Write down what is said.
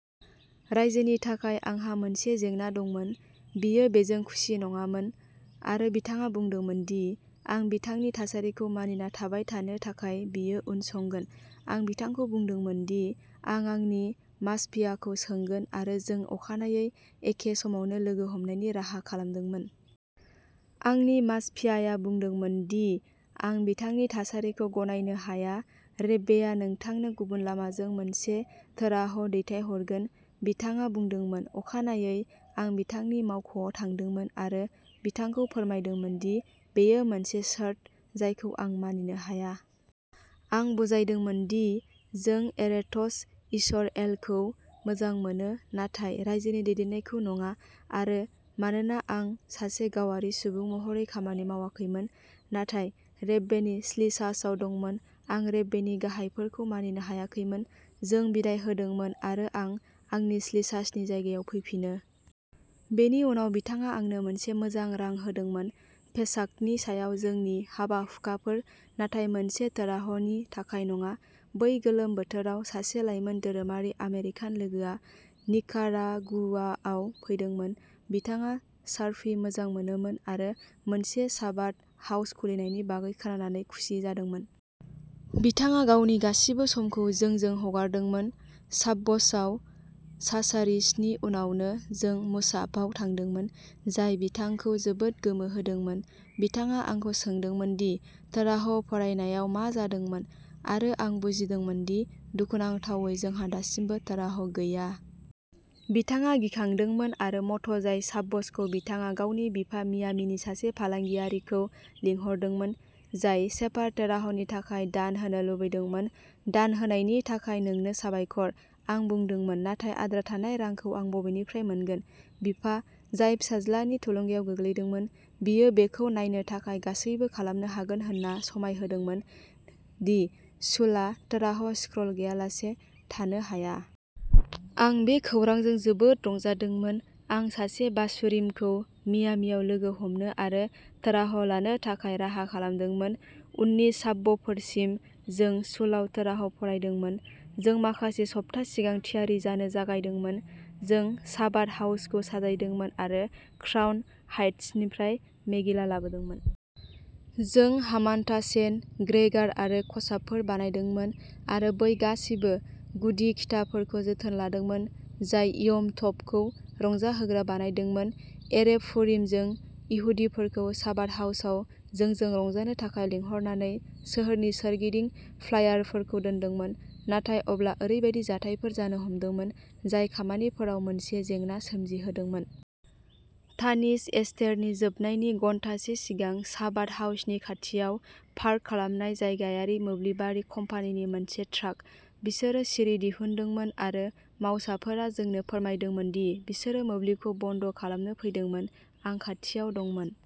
रायजोनि थाखाय आंहा मोनसे जेंना दंमोन। बियो बेजों खुसि नङामोन आरो बिथाङा बुंदोंमोन दि आं बिथांनि थासारिखौ मानिना थाबाय थानो थाखाय बियो उनसंगोन। आं बिथांखौ बुंदोंमोन दि आं आंनि माशपियाखौ सोंगोन आरो जों अखानायै एखे समावनो लोगो हमनायनि राहा खालामदोंमोन। आंनि माशपियाया बुंदोंमोन दि आं बिथांनि थासारिखौ गनायनो हाया।'रेब्बेआ नोंथांनो गुबुन लामाजों मोनसे तोराह दैथायहरगोन', बिथाङा बुंदोंमोन। "अखानायै, आं बिथांनि मावख'आव थांदोंमोन आरो बिथांखौ फोरमायदोंमोन दि बेयो मोनसे सर्त जायखौ आं मानिनो हाया। आं बुजायदोंमोन दि जों एरेटज यिसर'एलखौ मोजां मोनो नाथाय रायजोनि दैदेननायखौ नङा, आरो मानोना आं सासे गावारि सुबुं महरै खामानि मावाखैमोन नाथाय रेब्बेनि श्लिचासआव दंमोन, आं रेब्बेनि गाहायफोरखौ मानिनो हायाखैमोन। जों बिदाय होदोंमोन आरो आं आंनि श्लिचासनि जायगायाव फैफिनो। बेनि उनाव बिथाङा आंनो मोनसे मोजां रां होदोंमोन। पेसाखनि सायाव जोंनि हाबा-हुखाफोर, नाथाय मोनसे तोराहनि थाखाय नङा। "बै गोलोम बोथोराव, सासे लाइमोन धोरोमारि आमेरिकान लोगोआ निकारागुआआव फैदोंमोन। बिथाङा सार्फिं मोजां मोनोमोन आरो मोनसे चाबाद हाउस खुलिनायनि बागै खोनानानै खुसि जादोंमोन। बिथाङा गावनि गासिबो समखौ जोंजों हगारदोंमोन। शाब्ब'सआव, शाचारिसनि उनावनो जों मुसाफआव थांदोंमोन, जाय बिथांखौ जोबोद गोमोहोदोंमोन। बिथाङा आंखौ सोंदोंमोन दि तोराह फरायनायाव मा जादोंमोन, आरो आं बुजिमोदोंमोन दि दुखुनांथावै जोंहा दासिमबो तोराह गैया।" बिथाङा गिखांदोंमोन आरो म'टजाइ शाब्ब'सखौ बिथाङा गावनि बिफा, मियामीनि सासे फालांगियारिखौ लिंहरदोंमोन, जाय सेफार तोराहनि थाखाय दान होनो लुबैदोंमोन।'दान होनायनि थाखाय नोंनो साबायखर,'आं बुंदोंमोन,'नाथाय आद्रा थानाय रांखौ आं बबेनिफ्राय मोनगोन?'बिफा, जाय फिसाज्लानि थुलुंगायाव गोग्लैदोंमोन, बियो बेखौ नायनो थाखाय गासैबो खालामनो हागोन होनना समाय होदोंमोन दि शुलआ तोराह स्क्र'ल गैयालासे थानो हाया। "आं बे खौरांजों जोबोद रंजादोंमोन। आं सासे बाचुरिमखौ मियामीआव लोगो हमनो आरो तोराह लानो थाखाय राहा खालामदोंमोन। उननि शाब्ब'फोरसिम, जों शुलआव तोराह फरायदोंमोन।" जों माखासे सप्ता सिगां थियारि जानो जागायदोंमोन। जों चाबाद हाउसखौ साजायदोंमोन आरो क्राउन हाइट्सनिफ्राय मेगिला लाबोदोंमोन। जों हामान्टाशेन, ग्रेगार आरो खसाबफोर बानायदोंमोन आरो बै गासैबो गुदि खिथाफोरखौ जोथोन लादोंमोन जाय यम टभखौ रंजाहोग्रा बानायदोंमोन। एरेभ पुरिम जों इहुदिफोरखौ चाबाद हाउसआव जोंजों रंजानो थाखाय लिंहरनानै सोहोरनि सोरगिदिं फ्लायारफोरखौ दोनदोंमोन। "नाथाय अब्ला ओरैबायदि जाथायफोर जानो हमदोंमोन जाय खामानिफोराव मोनसे जेंना सोमजिहोदोंमोन। तानिस एस्तेरनि जोबनायनि घन्टासे सिगां, चाबाद हाउसनि खाथियाव पार्क खालामनाय जायगायारि मोब्लिबारि कम्पानिनि मोनसे ट्राक। बिसोरो सिरि दिहुनदोंमोन आरो मावसाफोरा जोंनो फोरमायदोंमोन दि बिसोरो मोब्लिबखौ बन्द खालामनो फैदोंमोन। आं खाथियाव दंमोन।